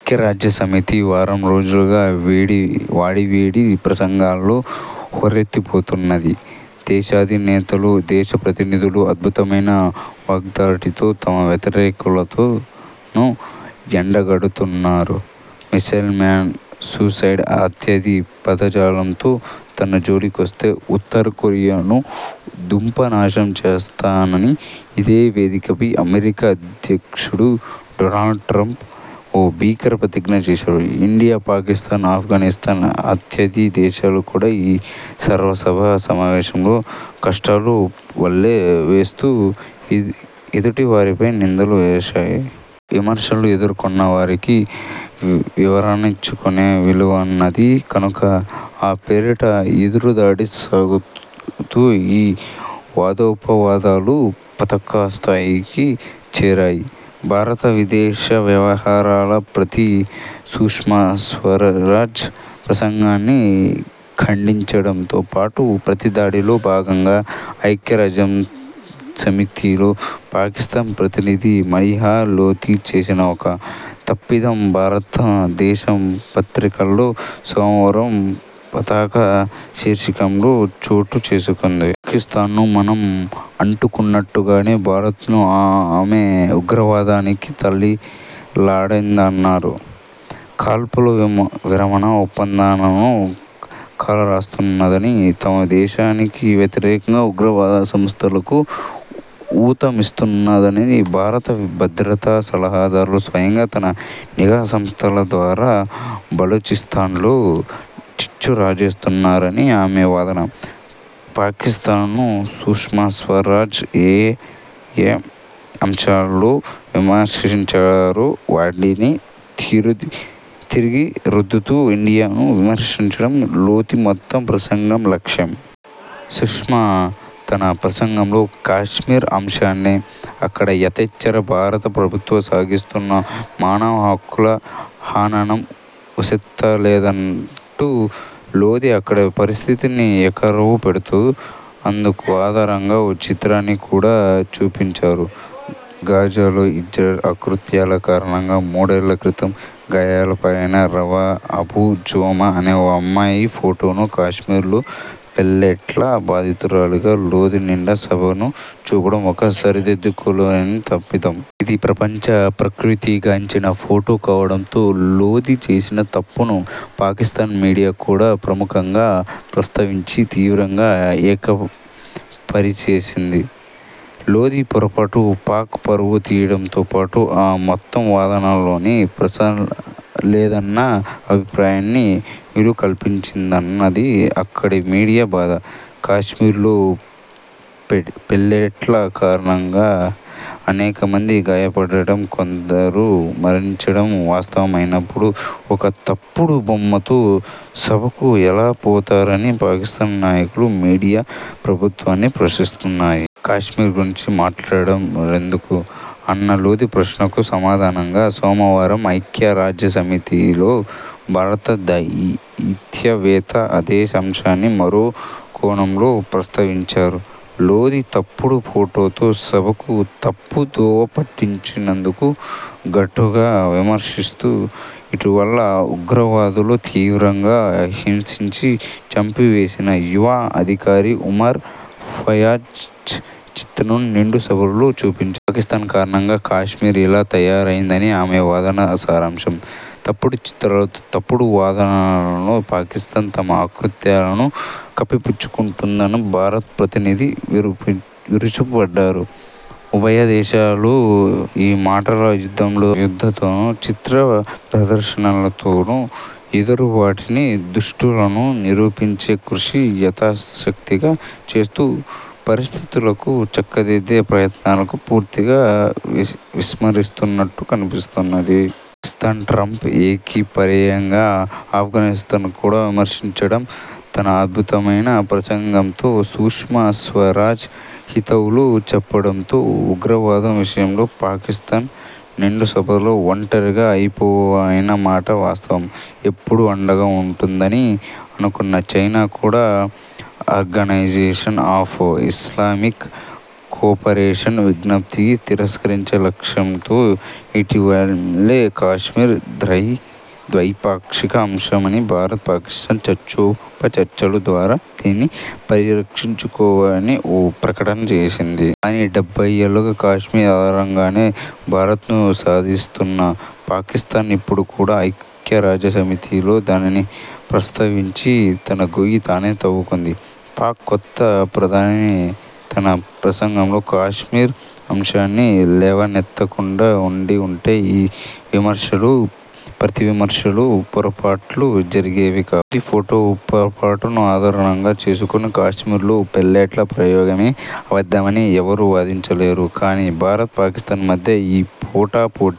ఐక్యరాజ్యసమితి వారంరోజులుగా వాడీవేడి ప్రసంగాలతో హోరెత్తిపోతున్నది. దేశాధినేతలు, దేశా ప్రతినిధులు అద్భుతమైన వాగ్ధాటితో తమ వ్యతిరేకులను ఎండగడుతున్నారు. మిసైల్ మ్యాన్, సూసైడ్ అత్యాది పదజాలంతో తనజోలికొస్తే ఉత్తరకొరియాను దుంపనాశనం చేస్తానని ఇదే వేదికపై అమెరికా అధ్యక్షుడు డొనాల్డ్ట్రంప్ ఓ భీకర ప్రతిజ్ఞ చేశారు. ఇండియా, పాకిస్థాన్, అఫ్ఘానిస్థాన్ అత్యాది దేశాలు కూడా ఈ సర్వసభ్య సమావేశంలో కష్టాలు వల్లెవేస్తూ ఎదుటివారిపై నిందలూ వేశాయి. విమర్శలు ఎదుర్కొన్నవారికి వివరణనిచ్చుకొనే వీలున్నది కనుక ఆ పేరిట ఎదురుదాడి సాగుతూ ఈ వాదోపవాదాలు పతాకస్థాయికి చేరాయి. భారత విదేశవ్యవహారాల మంత్రి సుష్మాస్వరాజ్ ప్రసంగాన్నిఖండించడంతోపాటు, ప్రతిదాడిలో భాగంగా ఐక్యరాజ్యసమితిలో పాకిస్థాన్ ప్రతినిధి మలీహా లోథీ చేసిన ఒక తప్పిదం భారతదేశ పత్రికల్లో సోమవారం పతాక శీర్షికల్లో చోటుచేసుకుంది. పాకిస్థాన్ను మనం అంటున్నట్టుగానే భారత్ను ఆమె ఉగ్రవాదానికి తల్లిలాంటిదన్నారు. కాల్పుల విరమణ ఒప్పందాలను కాలరాస్తున్నదనీ, తమదేశానికి వ్యతిరేకంగా ఉగ్రవాదసంస్థలకు ఊతమిస్తున్నదనీ, భారత భద్రతాసలహాదారు స్వయంగా తన నిఘా సంస్థలద్వారా బలూచిస్థాన్లో చిచ్చురాజేస్తున్నారనీ ఆమె వాదన. పాకిస్థాన్ను సుష్మాస్వరాజ్ ఏయే అంశాలతో విమర్శించారో వాటినే తిరిగిరుద్దుతూ ఇండియాను విమర్శించడం లోథీ మొత్తం ప్రసంగం లక్ష్యం. సుష్మా తన ప్రసంగంలో కశ్మీర్ అంశాన్నీ, అక్కడ యథేచ్ఛగా భారత ప్రభుత్వం సాగిస్తున్న మానవహక్కుల హననం ఊసెత్తలేదంటూ లోధీ అక్కడి పరిస్థితిని ఏకరువుపెడుతూ, అందుకు ఆధారంగా ఓ చిత్రాన్ని కూడా చూపించారు. గాజాలో ఇజ్రాయెల్ అకృత్యాల కారణంగా మూడేళ్ళక్రితం గాయాలపాలైన రవా అబు జోమా అనే ఓ అమ్మాయి ఫోటోను కశ్మీర్లో పెల్లెట్ల బాధితురాలిగా లోధీ నిండు సభకు చూపడం ఒక సరిదిద్దుకోలేని తప్పిదం. ఇది ప్రపంచ ప్రఖ్యాతిగాంచిన ఫోటో కావడంతో లోధీ చేసిన తప్పును పాకిస్థాన్ మీడియా కూడా ప్రముఖంగా ప్రస్తావించి, తీవ్రంగా ఏకిపారేసింది. లోధీ పొరపాటు పాక్ పరువు తీయడంతో పాటు, ఆ మొత్తం వాదనలోనే పసలేదన్న అభిప్రాయానికి వీలుకల్పించిందన్నది అక్కడి మీడియా బాధ. కశ్మీర్లో పెల్లెట్ల కారణంగా అనేకమంది గాయపడటం, కొందరు మరణించడం వాస్తవమైనప్పుడు, ఒక తప్పుడు బొమ్మతో సభకు ఎలా పోతారని పాకిస్థాన్ నాయకులు, మీడియా ప్రభుత్వాన్ని ప్రశ్నిస్తున్నాయి. కశ్మీర్ గురించి మాట్లాడరెందుకు అన్న లోధీ ప్రశ్నకు సమాధానంగా, సోమవారం ఐక్యరాజ్యసమితిలో భారత దౌత్యవేత్త అదే అంశాన్ని మరో కోణంలో ప్రస్తావించారు. లోథీ తప్పుడు ఫోటోతో సభను తప్పుదోవపట్టించినందుకు ఘాటుగా విమర్శిస్తూ, ఇటీవల ఉగ్రవాదులు తీవ్రంగా హింసించి చంపివేసిన యువ అధికారి ఉమర్ ఫయాజ్ చిత్రాన్ని నిండు సభలో చూపించారు. పాకిస్థాన్ కారణంగా కశ్మీర్ ఇలా తయారైందని ఆమె వాదన సారాంశం. తప్పుడు చిత్రాలతో, తప్పుడు వాదనలతో పాకిస్థాన్ తన అకృత్యాలను కప్పిపుచ్చుకుంటున్నదని భారత ప్రతినిధి విరుచుకుపడ్డారు. ఉభయదేశాలూ ఈ మాటల యుద్ధంతోనూ, చిత్ర ప్రదర్శనలతోనూ ఎదుటివారిని దుష్టులను నిరూపించే కృషి యథాశక్తిగా చేస్తూ, పరిస్థితులను చక్కదిద్దే ప్రయత్నాలను పూర్తిగా విస్మరిస్తున్నట్టు కనిపిస్తున్నది. పాకిస్థాన్ను ట్రంప్ ఏకిపారేయడం, అఫ్ఘానిస్థాన్ కూడా విమర్శించడం, తన అద్భుతమైన ప్రసంగంతో సుష్మా స్వరాజ్ హితవులు చెప్పడంతో ఉగ్రవాదం విషయంలో పాకిస్థాన్ నిండుసభలో ఒంటరిగా అయిపోయినమాట వాస్తవం. ఎప్పుడూ అండగా ఉంటుందని అనుకున్న చైనా కూడా ఆర్గనైజేషన్ ఆఫ్ ఇస్లామిక్ కోపరేషన్ విజ్ఞప్తిని తిరస్కరించే లక్ష్యంతో ఇటీవలే కశ్మీర్ ద్వైపాక్షిక అంశమనీ, భారత్ పాకిస్థాన్ చర్చోపచర్చల ద్వారా దీనిని పరిష్కరించుకోవాలని ఓ ప్రకటన చేసింది. కానీ, డెబ్బై ఏళ్ళుగా కశ్మీర్ ఆధారంగానే భారత్ను సాధిస్తున్న పాకిస్థాన్ ఇప్పుడు కూడా ఐక్యరాజ్యసమితిలో దానిని ప్రస్తావించి తన గొయ్యి తానే తవ్వుకుంది. పాక్ కొత్త ప్రధాని తన ప్రసంగంలో కశ్మీర్ అంశాన్ని లెవనెత్తకుండా ఉండి వుంటే ఈ విమర్శలు, ప్రతివిమర్శలు, పొరపాట్లు జరిగేవి కావు. లోధీ ఫోటో పొరపాటును ఆధారంగా చేసుకొని కశ్మీర్లో పెల్లెట్ల ప్రయోగమే అబద్ధమని ఎవరూ వాదించలేరు. కానీ, భారత్ పాకిస్థాన్ మధ్య ఈ పోటాపోటీ